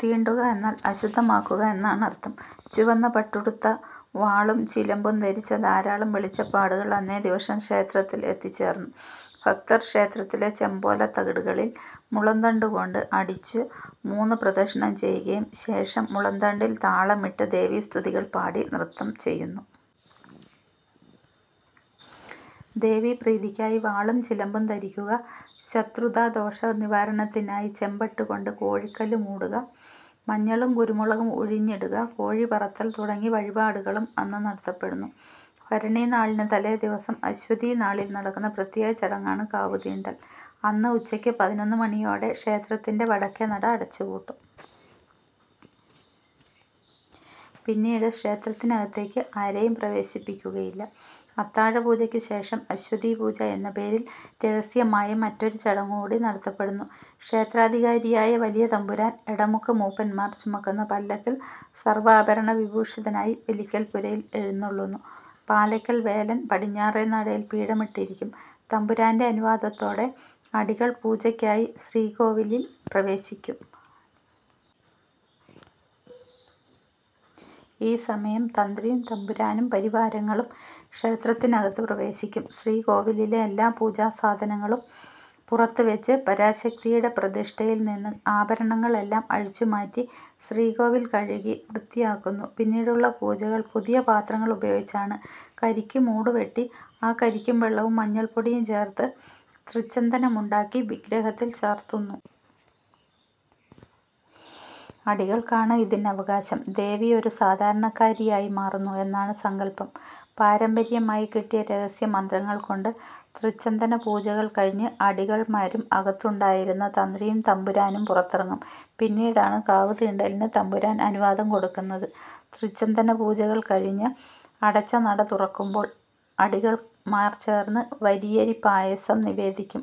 "തീണ്ടുക" എന്നാൽ അശുദ്ധമാക്കുക എന്നാണ് അർത്ഥം. ചുവന്ന പട്ടുടുത്ത് വാളും ചിലമ്പും ധരിച്ച ധാരാളം വെളിച്ചപ്പാടുകൾ അന്നേ ദിവസം ക്ഷേത്രത്തിൽ എത്തിച്ചേരുന്നു. ഭക്തർ ക്ഷേത്രത്തിലെ ചെമ്പോല തകിടുകളിൽ മുളംതണ്ട് കൊണ്ട് അടിച്ചു മൂന്ന് പ്രദക്ഷിണം ചെയ്യുകയും ശെഷം മുളംതണ്ടിൽ താളമിട്ടു ദേവീസ്തുതികൾ പാടി നൃത്തം ചെയ്യുന്നു. ദേവീ പ്രീതിക്കായി വാളും ചിലമ്പും ധരിക്കുക, ശത്രുതാദോഷ നിവാരണത്തിനായി ചെമ്പട്ട് കൊണ്ട് കോഴിക്കല്ല് മൂടുക, മഞ്ഞളും കുരുമുളകും ഉഴിഞ്ഞിടുക, കോഴി പറത്തൽ തുടങ്ങിയ വഴിപാടുകളും അന്ന് നടത്തപ്പെടുന്നു. ഭരണിനാളിനു തലേദിവസം അശ്വതി നാളിൽ നടക്കുന്ന പ്രത്യേക ചടങ്ങാണ്. കാവുതീണ്ടൽ. അന്ന് ഉച്ചക്ക് പതിനൊന്നുമണിയോടെ ക്ഷേത്രത്തിൻറെ വടക്കേ നട അടച്ചുപൂട്ടും. പിന്നീട് ക്ഷേത്രത്തിനകത്തേക്ക് ആരേയും പ്രവേശിപ്പിക്കുകയില്ല. അത്താഴപൂജക്ക് ശേഷം "അശ്വതീപൂജ" എന്ന പേരിൽ രഹസ്യമായ മറ്റൊരു ചടങ്ങൂകൂടി നടത്തപ്പെടുന്നു. ക്ഷേത്രാധികാരിയായ വലിയ തമ്പുരാൻ, എടമുക്ക് മൂപ്പന്മാർ ചുമക്കുന്ന പല്ലക്കിൽ സർവാഭരണഭൂഷിതനായി ബലിക്കൽ പുരയിൽ എഴുന്നെള്ളുന്നു. പാലയ്ക്കൽ വേലൻ പടിഞ്ഞാരെ നടയിൽ പീഠമിട്ട് ഇരിക്കും. തമ്പുരാന്റെ അനുവാദത്തോടെ അടികൾ പൂജക്കായി ശ്രീക്കോവിലിൽ പ്രവേശിക്കും. ഈ സമയം തന്ത്രിയും തമ്പുരാനും പരിവാരങ്ങളും ക്ഷേത്രത്തികത്ത് പ്രവേശിക്കും. ശ്രീകോവിലിലെ എല്ലാ പൂജാസാധങ്ങളും പുറത്തുവെച്ച്, പരാശക്തിയുടെ പ്രതിഷ്ഠയിൽ നിന്ന് ആഭരണങ്ങൾ എല്ലാം അഴിച്ചുമാറ്റി, ശ്രീകോവിൽ കഴുകി വൃത്തിയാക്കുന്നു. പിന്നീടുള്ള പൂജകൾ പുതിയ പാത്രങ്ങൾ ഉപയോഗിച്ചാണ്. കരിക്ക് മൂട് വെട്ടി ആ കരിക്കുവെള്ളവും മഞ്ഞൾപ്പൊടിയും ചേർത്ത് തൃച്ചന്ദനമുണ്ടാക്കി, വിഗ്രഹത്തിൽ ചാർത്തുന്നു. അടികൾക്കാണ് ഇതിന്നവകാശം. ദേവി ഒരു സാധാരണക്കാരിയായി മാറുന്നു എന്നാണ് സങ്കൽപ്പം. പാരമ്പര്യമായി കിട്ടിയ രഹസ്യമന്ത്രങ്ങൾ കൊണ്ട് തൃച്ചന്ദനപൂജകൾ കഴിഞ്ഞ് അടികൾമാരും അകത്തുണ്ടായിരുന്ന തന്ത്രിയും തമ്പുരാനും പുറത്തിറങ്ങും. പിന്നീടാണ് കാവുതീണ്ടലിന് തമ്പുരാൻ അനുവാദം കൊടുക്കുന്നത്. തൃച്ചന്ദനപൂജകൾ കഴിഞ്ഞ് അടച്ച നട തുറക്കുമ്പോൾ അടികൾമാർ ചേർന്ന് വരിയരി പായസം നിവേദിക്കും.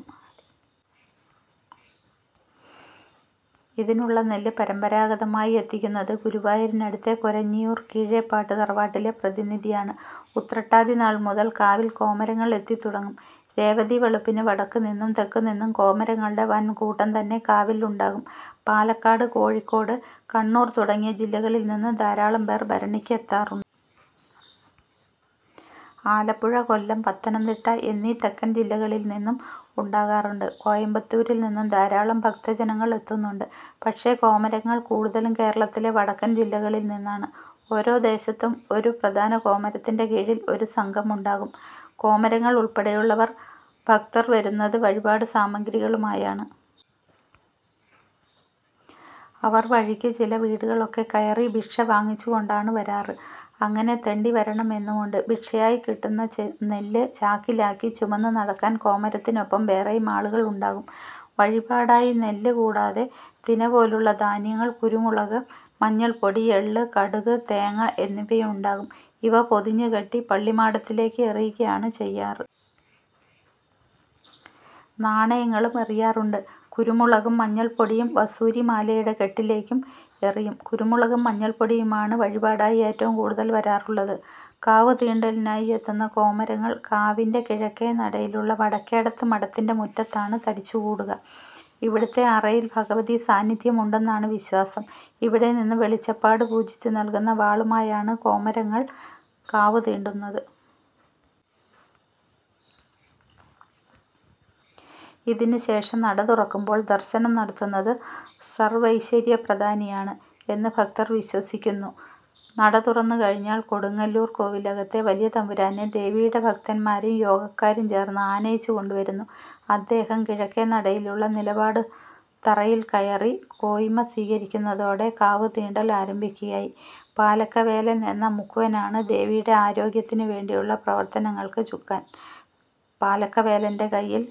ഇതിനുള്ള നെല്ല് പരമ്പരാഗതമായി എത്തിക്കുന്നത് ഗുരുവായൂരിനടുത്ത കൊരഞ്ഞിയൂർ കീഴേപ്പാട്ട് തറവാട്ടിലെ പ്രതിനിധിയാണ്. ഉത്രട്ടാതി നാൾ മുതൽ കാവിൽ കോമരങ്ങൾ എത്തിത്തുടങ്ങും. രേവതിവെളുപ്പിന് വടക്കുനിന്നും തെക്കുനിന്നും കോമരങ്ങളുടെ വൻ കൂട്ടം തന്നെ കാവിൽ ഉണ്ടാകും. പാലക്കാട്, കോഴിക്കോട്, കണ്ണൂർ തുടങ്ങിയ ജില്ലകളിൽ നിന്നും ധാരാളം പേർ ഭരണിക്ക് എത്താറുണ്ട്. ആലപ്പുഴ, കൊല്ലം, പത്തനംതിട്ട എന്നീ തെക്കൻ ജില്ലകളിൽ നിന്നും ഉണ്ടാകാറുണ്ട്. കോയമ്പത്തൂരിൽ നിന്നും ധാരാളം ഭക്തജനങ്ങൾ എത്തുന്നുണ്ട്. പക്ഷേ കോമരങ്ങൾ കൂടുതലും കേരളത്തിലെ വടക്കൻ ജില്ലകളിൽ നിന്നാണ്. ഓരോ ദേശത്തും ഒരു പ്രധാന കോമരത്തിന്റെ കീഴിൽ ഒരു സംഘം ഉണ്ടാകും. കോമരങ്ങൾ ഉൾപ്പെടെയുള്ള ഭക്തർ വരുന്നത് വഴിപാടുസാമഗ്രികളുമായാണ്. അവർ, വഴിക്ക് ചില വീടുകളൊക്കെകയറി ഭിക്ഷ വാങ്ങിച്ചുകൊണ്ടാണ് വരാറ്. അങ്ങനെ തെണ്ടി വരണം എന്നുമുണ്ട്. ഭിക്ഷയായി കിട്ടുന്ന നെല്ല് ചാക്കിലാക്കി ചുമന്നുനടക്കാൻ കോമരത്തിനൊപ്പം വേറെയും ആളുകൾ ഉണ്ടാകും. വഴിപാടായി നെല്ല് കൂടാതെ തിനപോലുള്ള ധാന്യങ്ങൾ, കുരുമുളക്, മഞ്ഞൾപ്പൊടി, എള്ള്, കടുക്, തേങ്ങ എന്നിവയുണ്ടാകും. ഇവ പൊതിഞ്ഞുകെട്ടി പള്ളിമാടത്തിലേക്ക് എറിയുകയാണ് ചെയ്യാറ്. നാണയങ്ങളും എറിയാറുണ്ട്. കുരുമുളകും മഞ്ഞൾപ്പൊടിയും വസൂരിമാലയുടെ കെട്ടിലേക്കും എറിയും. കുരുമുളകും മഞ്ഞൾപ്പൊടിയുമാണ് വഴിപാടായി ഏറ്റവും കൂടുതൽ വരാറുള്ളത്. കാവുതീണ്ടലിനായി എത്തുന്ന കോമരങ്ങൾ കാവിന്റെ കിഴക്കേ നടയിലുള്ള വടക്കേടത്ത് മഠത്തിന്റെ മുറ്റത്താണ് തടിച്ചുകൂടുക. ഇവിടത്തെ അറയിൽ ഭഗവതി സാന്നിദ്ധ്യമുണ്ടെന്നാണ് വിശ്വാസം. ഇവിടെ നിന്ന് വെളിച്ചപ്പാട് പൂജിച്ചു നൽകുന്ന വാളുമായാണ് കോമരങ്ങൾ കാവുതീണ്ടുന്നത്. ഇതിനുശേഷം നടതുറക്കുമ്പോൾ ദർശനം നടത്തുന്നത് സർവൈശ്വര്യപ്രധാനിയാണ് എന്ന് ഭക്തർ വിശ്വസിക്കന്നു. നടതുറന്നു കഴിഞ്ഞാൽ കൊടുങ്ങല്ലൂർ കോവിലകത്തെ വലിയ തമ്പുരാനെ ദേവിയുടെ ഭക്തന്മാരും യോഗക്കാരും ചേർന്ന് ആനയിച്ച് കൊണ്ടുവരുന്നു. അദ്ദേഹം കിഴക്കേ നടയിലുള്ള നിലപാടുതറയിൽകയറി കോയ്മ സ്വീകരിക്കുന്നതോടെ കാവ്തീണ്ടൽ ആരംഭിക്കുകയായി. പാലക്കവേലൻ എന്ന മുക്കുവനാണ് ദേവിയുടെ ആരോഗ്യത്തിനുവേണ്ടിയുള്ള പ്രവർത്തനങ്ങൾക്ക് ചുക്കാൻ. പാലക്കവേലന്റെ കയ്യിൽ